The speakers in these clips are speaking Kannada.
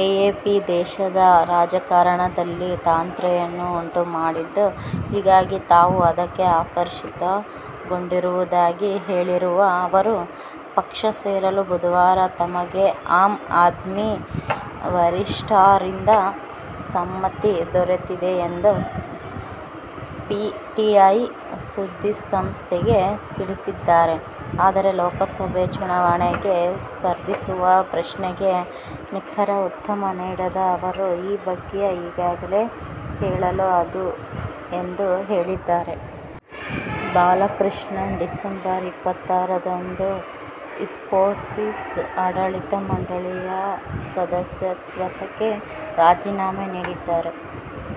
ಎಎಪಿ ದೇಶದ ರಾಜಕಾರಣದಲ್ಲಿ ಕ್ರಾಂತಿಯನ್ನು ಉಂಟು ಮಾಡಿದ್ದು, ಹೀಗಾಗಿ ತಾವು ಅದಕ್ಕೆ ಆಕರ್ಷಿತಗೊಂಡಿರುವುದಾಗಿ ಹೇಳಿರುವ ಅವರು, ಪಕ್ಷ ಸೇರಲು ಬುಧವಾರ ತಮಗೆ ಆಮ್ ಆದ್ಮಿ ವರಿಷ್ಠರಿಂದ ಸಮ್ಮತಿ ದೊರೆತಿದೆ ಎಂದು ಪಿಟಿಐ ಸುದ್ದಿಸಂಸ್ಥೆಗೆ ತಿಳಿಸಿದ್ದಾರೆ. ಆದರೆ ಲೋಕಸಭೆ ಚುನಾವಣೆಗೆ ಸ್ಪರ್ಧಿಸುವ ಪ್ರಶ್ನೆಗೆ ನಿಖರ ಉತ್ತರ ನೀಡದ ಅವರು, ''ಈ ಬಗ್ಗೆ ಈಗಲೇ ಹೇಳಲು ಆಗದು'' ಎಂದು ಹೇಳಿದ್ದಾರೆ. ಬಾಲಕೃಷ್ಣನ್ ಡಿಸಂಬರ್ ಇಪ್ಪತ್ತರಂದು ಇನ್ಫೋಸಿಸ್ ಆಡಳಿತ ಮಂಡಳಿಯ ಸದಸ್ಯತ್ವಕ್ಕೆ ರಾಜೀನಾಮೆ ನೀಡಿದ್ದರು.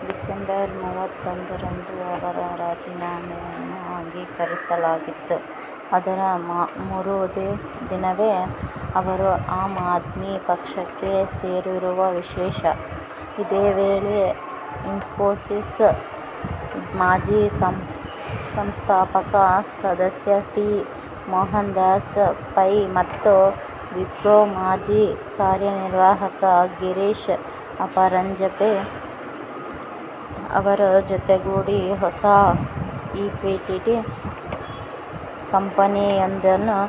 ಡಿಸಂಬರ್ ಮೂವತ್ತೊಂದರಂದು ಅವರ ರಾಜೀನಾಮೆಯನ್ನು ಅಂಗೀಕರಿಸಲಾಗಿತ್ತು. ಇದರ ಮರುದಿನವೇ ಅವರು ಆಮ್ ಆದ್ಮಿ ಪಕ್ಷಕ್ಕೆ ಸೇರಿರುವುದು ವಿಶೇಷ. ಇದೇ ವೇಳೆ, ಇನ್ಫೋಸಿಸ್ ಮಾಜಿ ಸಂಸ್ಥಾಪಕ ಸದಸ್ಯ ಟಿ. ಮೋಹನದಾಸ ಪೈ ಮತ್ತು ವಿಪ್ರೋ ಮಾಜಿ ಕಾರ್ಯನಿರ್ವಾಹಕ ಗಿರೀಶ ಪರಾಂಜಪೆ ಅವರ ಜತೆಗೂಡಿ ಹೊಸ ಈಕ್ವಿಟಿ ಕಂಪನಿಯೊಂದನ್ನು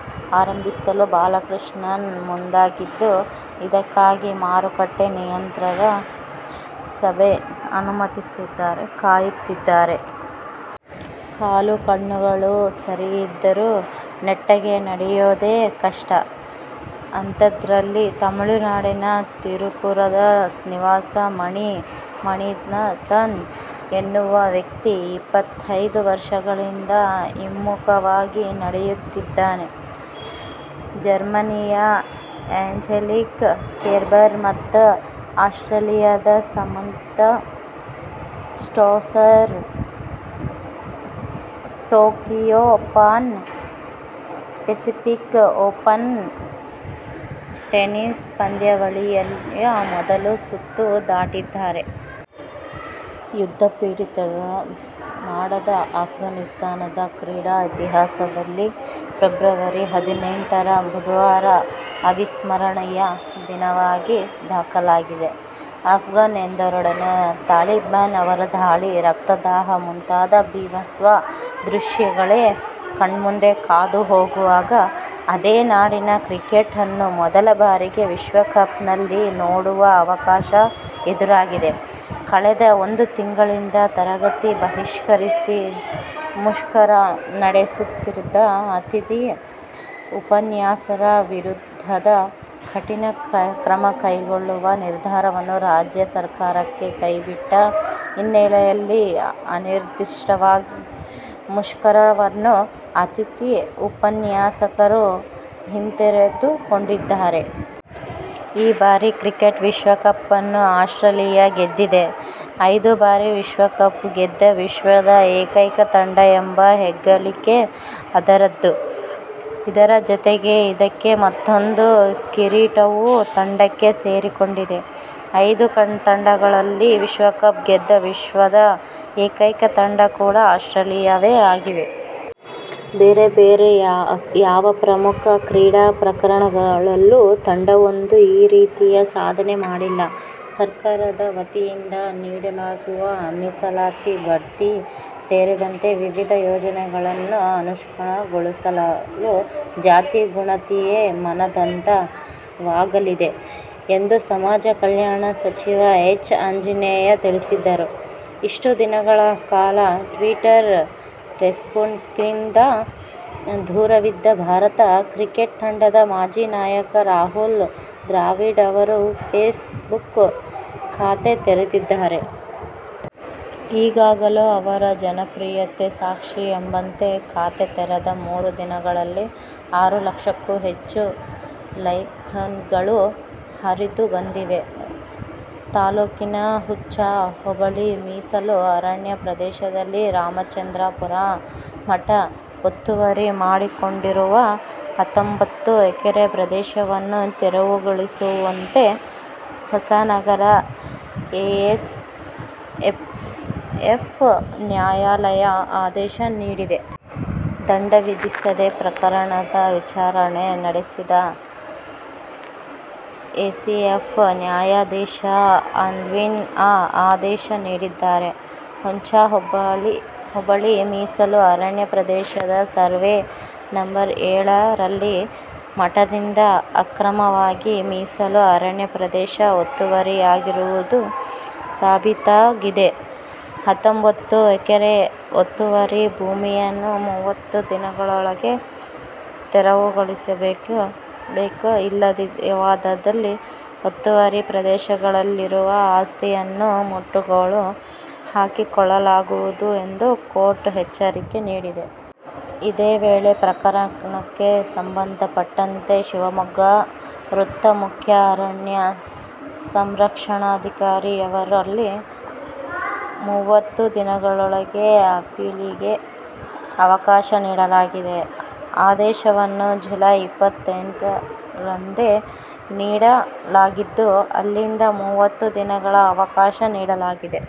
ಆರಂಭಿಸಲು ಬಾಲಕೃಷ್ಣನ್ ಮುಂದಾಗಿದ್ದು, ಇದಕ್ಕಾಗಿ ಮಾರುಕಟ್ಟೆ ನಿಯಂತ್ರಕ ಸೆಬಿ ಅನುಮತಿಗೆ ಕಾಯುತ್ತಿದ್ದಾರೆ. ಕಾಲು ಕಣ್ಣುಗಳು ಸರಿ ಇದ್ದರೂ ನೆಟ್ಟಗೆ ನಡೆಯೋದು ಕಷ್ಟ. ಅಂಥದ್ರಲ್ಲಿ ತಮಿಳುನಾಡಿನ ತಿರುಪುರದ ನಿವಾಸಿ ಮಣಿ ಮಣಿಥನ್ ಎನ್ನುವ ವ್ಯಕ್ತಿ ಇಪ್ಪತ್ತೈದು ವರ್ಷಗಳಿಂದ ಹಿಮ್ಮುಖವಾಗಿ ನಡೆಯುತ್ತಿದ್ದಾನೆ. ಜರ್ಮನಿಯ ಆ್ಯಂಜೆಲಿಕ್ ಕೆರ್ಬರ್ ಮತ್ತು ಆಸ್ಟ್ರೇಲಿಯದ Samantha Stosur "Tokyo Pan Pacific Open' tennis ಪಂದ್ಯಾವಳಿಯ ಮೊದಲ ಸುತ್ತು ದಾಟಿದ್ದಾರೆ. ಯುದ್ಧಪೀಡಿತ ನಾಡಾದ ಅಫ್ಘಾನಿಸ್ಥಾನದ ಕ್ರೀಡಾ ಇತಿಹಾಸದಲ್ಲಿ ಫೆಬ್ರವರಿ ಹದಿನೆಂಟರ ಬುಧವಾರ ಅವಿಸ್ಮರಣೀಯ ದಿನವಾಗಿ ದಾಖಲಾಗಲಿದೆ. ಅಫ್ಘಾನ್ ಎಂದೊಡನೆ ತಾಲಿಬಾನ್, ಅವರ ದಾಳಿ, ರಕ್ತದಾಹ ಮುಂತಾದ ಭೀಭತ್ಸ ದೃಶ್ಯಗಳೇ ಕಣ್ಮುಂದೆ ಹಾದು ಹೋಗುವಾಗ, ಅದೇ ನಾಡಿನ ಕ್ರಿಕೆಟನ್ನು ಮೊದಲ ಬಾರಿಗೆ ವಿಶ್ವಕಪ್ನಲ್ಲಿ ನೋಡುವ ಅವಕಾಶ ಎದುರಾಗಿದೆ. ಕಳೆದ ಒಂದು ತಿಂಗಳಿಂದ ತರಗತಿ ಬಹಿಷ್ಕರಿಸಿ ಮುಷ್ಕರ ನಡೆಸುತ್ತಿದ್ದ ಅತಿಥಿ ಉಪನ್ಯಾಸರ ವಿರುದ್ಧದ ಕಠಿಣ ಕ್ರಮ ಕೈಗೊಳ್ಳುವ ನಿರ್ಧಾರವನ್ನು ರಾಜ್ಯ ಸರ್ಕಾರ ಕೈ ಬಿಟ್ಟ ಹಿನ್ನೆಲೆಯಲ್ಲಿ ಅನಿರ್ದಿಷ್ಟಾವಧಿ ಮುಷ್ಕರವನ್ನು ಅತಿಥಿ ಉಪನ್ಯಾಸಕರು ಹಿಂತೆಗೆದುಕೊಂಡಿದ್ದಾರೆ. ಈ ಬಾರಿಯ ಕ್ರಿಕೆಟ್ ವಿಶ್ವಕಪ್ ಅನ್ನು ಆಸ್ಟ್ರೇಲಿಯ ಗೆದ್ದಿದೆ. ಐದು ಬಾರಿ ವಿಶ್ವಕಪ್ ಗೆದ್ದ ವಿಶ್ವದ ಏಕೈಕ ತಂಡ ಎಂಬ ಹೆಗ್ಗಳಿಕೆ ಅದರದ್ದು. ಇದರ ಜತೆಗೆ ಅದಕ್ಕೆ ಮತ್ತೂಂದು ಕಿರೀಟವೂ ತಂಡಕ್ಕೆ ಸೇರಿಕೊಂಡಿದೆ. ಐದು ಖಂಡಗಳಲ್ಲಿ ವಿಶ್ವಕಪ್ ಗೆದ್ದ ವಿಶ್ವದ ಏಕೈಕ ತಂಡ ಕೂಡ ಆಸ್ಟ್ರೇಲಿಯವೇ ಆಗಿದೆ. ಬೇರೆ ಯಾವ ಪ್ರಮುಖ ಕ್ರೀಡಾ ಪ್ರಕಾರಗಳಲ್ಲೂ ತಂಡವೊಂದು ಈ ರೀತಿಯ ಸಾಧನೆ ಮಾಡಿಲ್ಲ. ಸರ್ಕಾರದ ವತಿಯಿಂದ ನೀಡಲಾಗುವ ಮೀಸಲಾತಿ, ಬಡ್ತಿ ಸೇರಿದಂತೆ ವಿವಿಧ ಯೋಜನೆಗಳನ್ನು ಅನುಷ್ಠಾನಗೊಳಿಸಲು ಜಾತಿ ಗಣತಿಯೇ ಮಾನದಂಡ ವಾಗಲಿದೆ ಎಂದು ಸಮಾಜ ಕಲ್ಯಾಣ ಸಚಿವ ಎಚ್. ಆಂಜನೇಯ ತಿಳಿಸಿದರು. ಇಷ್ಟು ದಿನಗಳ ಕಾಲ ಟ್ವೀಟರ್, ಫೇಸ್ಬುಕ್ನಿಂದ ದೂರವಿದ್ದ ಭಾರತ ಕ್ರಿಕೆಟ್ ತಂಡದ ಮಾಜಿ ನಾಯಕ ರಾಹುಲ್ ದ್ರಾವಿಡ್ ಅವರು ಫೇಸ್ ಬುಕ್ ಖಾತೆ ತೆರೆದಿದ್ದಾರೆ. ಈಗಲೂ ಅವರ ಜನಪ್ರಿಯತೆಗೆ ಸಾಕ್ಷಿ ಎಂಬಂತೆ ಖಾತೆ ತೆರದ ಮೂರು ದಿನಗಳಲ್ಲೆ ಆರು ಲಕ್ಷಕ್ಕೂ ಹೆಚ್ಚು ಲೈಕ್ಗಳು ಹರಿದು ಬಂದಿವೆ. ತಾಲೂಕಿನ ಹುಂಚಾ ಹೋಬಳಿ ಮೀಸಲು ಅರಣ್ಯ ಪ್ರದೇಶದಲ್ಲಿ ರಾಮಚಂದ್ರಾಪುರ ಮಠ ಒತ್ತುವರಿ ಮಾಡಿಕೊಂಡಿರುವ ಹತ್ತೊಂಬತ್ತು ಎಕರೆ ಪ್ರದೇಶವನ್ನು ತೆರವುಗೊಳಿಸುವಂತೆ ಹೊಸನಗರ ಎಸಿಎಫ್ ನ್ಯಾಯಾಲಯ ಆದೇಶ ನೀಡಿದೆ. ದಂಡ ವಿಧಿಸಿದೆ. ಪ್ರಕರಣದ ವಿಚಾರಣೆ ನಡೆಸಿದ ಎಸಿಎಫ್ ನ್ಯಾಯಾಧೀಶ ಆಲ್ವಿನ್ ಈ ಆದೇಶ ನೀಡಿದ್ದಾರೆ. ಹುಂಚಾ ಹೋಬಳಿ ಮೀಸಲು ಅರಣ್ಯ ಪ್ರದೇಶದ ಸರ್ವೇ ನಂ.ಏಳರಲ್ಲಿ ಮಠದಿಂದ ಅಕ್ರಮವಾಗಿ ಮೀಸಲು ಅರಣ್ಯ ಪ್ರದೇಶ ಒತ್ತುವರಿಯಾಗಿರುವುದು ಸಾಬೀತಾಗಿದೆ. ಹತ್ತೊಂಬತ್ತು ಎಕರೆ ಒತ್ತುವರಿ ಭೂಮಿಯನ್ನು ಮೂವತ್ತು ದಿನಗಳೊಳಗೆ ತೆರವುಗೊಳಿಸಬೇಕು. ಇಲ್ಲವಾದಲ್ಲಿ ಒತ್ತುವರಿ ಪ್ರದೇಶದಲ್ಲಿರುವ ಆಸ್ತಿಯನ್ನು ಮುಟ್ಟುಗೋಲು ಹಾಕಿಕೊಳ್ಳಲಾಗುವುದು ಎಂದು ಕೋರ್ಟ್ ಎಚ್ಚರಿಕೆ ನೀಡಿದೆ. ಇದೇ ವೇಳೆ, ಪ್ರಕರಣಕ್ಕೆ ಸಂಬಂಧಪಟ್ಟಂತೆ ಶಿವಮೊಗ್ಗ ವೃತ್ತ ಮುಖ್ಯ ಅರಣ್ಯ ಸಂರಕ್ಷಣಾಧಿಕಾರಿಯವರಲ್ಲಿ ಮೂವತ್ತು ದಿನಗಳೊಳಗೆ ಅಪೀಲಿಗೆ ಅವಕಾಶ ನೀಡಲಾಗಿದೆ. ಆದೇಶವನ್ನು ಜುಲೈ ಇಪ್ಪತ್ತೈದರಂದೇ ನೀಡ ಲಾಗಿದ್ದು, ಅಲ್ಲಿಂದ ಮೂವತ್ತು ದಿನಗಳ ಅವಕಾಶ ನೀಡಲಾಗಿದೆ.